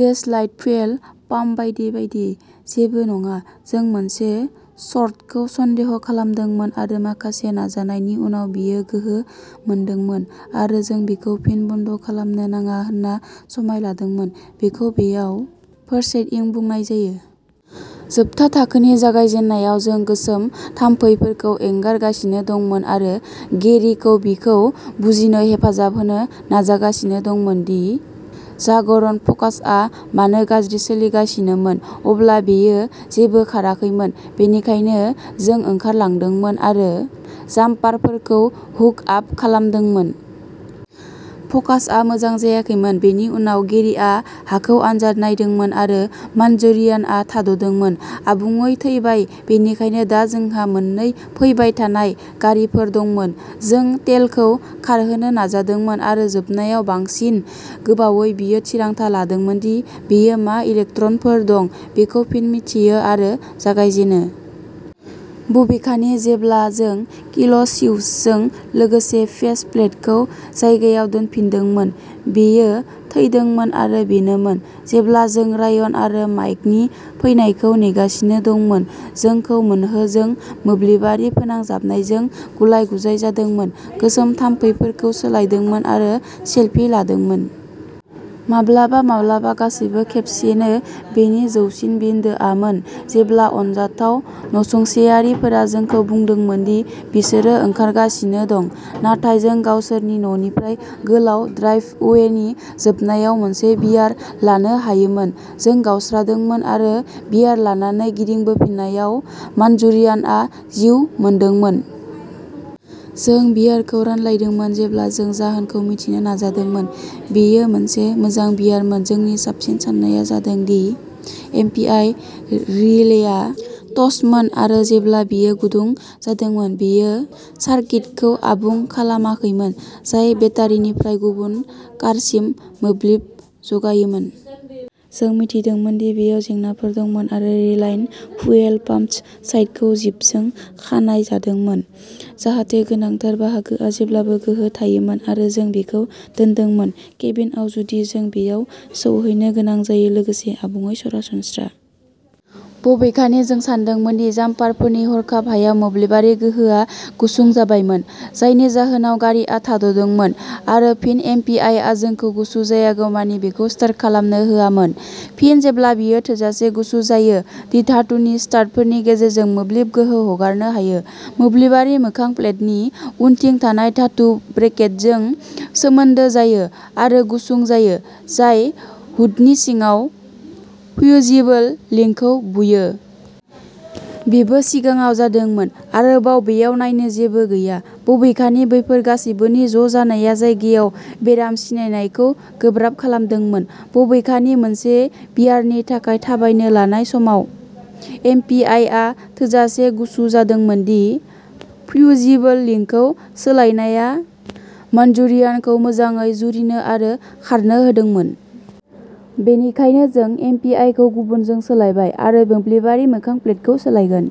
Dash light, fuel pump बायदि बायदि जेबो नङा। जों मोनसे शर्टखौ सन्देह खालामदोंमोन आरो माखासे नाजानायनि उनाव बेयो गोहो मोनदोंमोन आरो जों बेखौ फिन बन्द खालामनो नाङा होनना समाय लादोंमोन। बेखौ बेयाव फोरशेड'इं बुंनाय जायो। जोबथा थाखोनि जागायजेन्नायाव जों गोसोम थाम्फैफोरखौ एंगारगासिनो दंमोन आरो गेरिखौ बेखौ बुजिनो हेफाजाब होनो नाजागासिनो दंमोन दि जागरनट फ'कासआ मानो गाज्रि सोलिगासिनोमोन। अब्ला बेयो जेबो खाराखैमोन, बेनिखायनो जों ओंखारलांदोंमोन आरो जाम्पारफोरखौ हुक आप खालामदोंमोन। फ'कासआ मोजां जायाखैमोन। बेनि उनाव गेरिआ हाखौ आनजाद नायदोंमोन आरो मानचुरियानआ थाद'दोंमोन। आबुङै थैबाय। बेनिखायनो दा जोंहा मोननै थैबाय थानाय गारिफोर दंमोन। जों टेलनखौ खारहोनो नाजादोंमोन आरो जोबनायाव, बांसिन गोबावै, बियो थिरांथा लादोंमोन दि बेयो मा इलेक्ट्रनफोर दं बेखौ फिन मिथियो आरो जागायजेनो। बबेखानि, जेब्ला जों किल स्विचजों लोगोसे फेस प्लेटखौ जायगायाव दोनफिनदोंमोन, बेयो थैदोंमोन आरो बेनोमोन। जेब्ला जों रायन आरो माइकनि फैनायखौ नेगासिनो दंमोन। जोंखौ मोनहो, जों मोब्लिबारि फोनांजाबनायजों गुलाय-गुजाय जादोंमोन, गोसोम थाम्फैफोरखौ सोलायदोंमोन आरो सेलफि लादोंमोन। माब्लाबा माब्लाबा गासैबो खेबसेनो। बेनि जौसिन बिन्दोआमोन जेब्ला अनजाथाव नसुंसेयारिफोरा जोंखौ बुंदोंमोन दि बिसोरो ओंखारगासिनो दं, नाथाय जों गावसोरनि न'निफ्राय गोलाव ड्राइभवेनि जोबनायाव मोनसे बियार लानो हायोमोन। जों गावस्रादोंमोन आरो बियार लानानै गिदिंबोफिननायाव मानचुरियानआ जिउ मोनदोंमोन। जों बियारखौ रानलायदोंमोन जेब्ला जों जाहोनखौ मिथिनो नाजादोंमोन। बेयो मोनसे मोजां बियारमोन। जोंनि साबसिन सान्नाया जादों दि एमपिआइ रिलेआ टस्टमोन आरो जेब्ला बेयो गुदुं जादोंमोन, बेयो सार्किटखौ आबुं खालामाखैमोन जाय बेटारिनिफ्राय गुबुन कारसिम मोब्लिब जगायोमोन। जों मिथिदोंमोन दि बेयाव जेंनाफोर दंमोन आरो रिलाइनि फुयेल पाम्प साइडखौ जिपजों खानाय जादोंमोन जाहाथे गोनांथार बाहागोआ जेब्लाबो गोहो थायोमोन आरो जों बेखौ दोनदोंमोन। केबिनआव जुदि जों बेयाव सौहैनो गोनां जायो। लोगोसे आबुङै सरासनस्रा। बबेखानि जों सानदोंमोन दि जाम्पारफोरनि हरखाब हायाव मोब्लिबारि गोहोआ गुसुं जाबायमोन जायनि जाहोनाव गारिआ थाद'दोंमोन आरो फिन एमपिआइआ जोंखौ गुसु जायागौमानि बेखौ स्टार्ट खालामनो होआमोन। फिन जेब्ला बेयो थोजासे गुसु जायो दि धातुनि स्टाडफोरनि गेजेरजों मोब्लिब गोहो हगारनो हायो, मोब्लिबारि मोखां प्लेटनि उनथिं थानाय धातु ब्रेकेटजों सोमोन्दो जायो आरो गुसुं जायो, जाय हुडनि सिङाव फ्युजिबल लिंकखौ बुयो। बेबो सिगाङाव जादोंमोन। आरोबाव, बेयाव नायनो जेबो गैया। बबेखानि, बैफोर गासैबोनि ज' जानाया जायगायाव बेराम सिनायनायखौ गोब्राब खालामदोंमोन। बबेखानि, मोनसे बियारनि थाखाय थाबायनो लानाय समाव एमपिआइआ थोजासे गुसु जादोंमोन दि फ्युजिबल लिंकखौ सोलायनाया मानचुरियानखौ मोजाङै जुरिनो आरो खारनो होदोंमोन। बेनिखायनो, जों एमपिआइखौ गुबुनजों सोलायबाय आरो मोब्लिबारि मोखां प्लेटखौ सोलायगोन।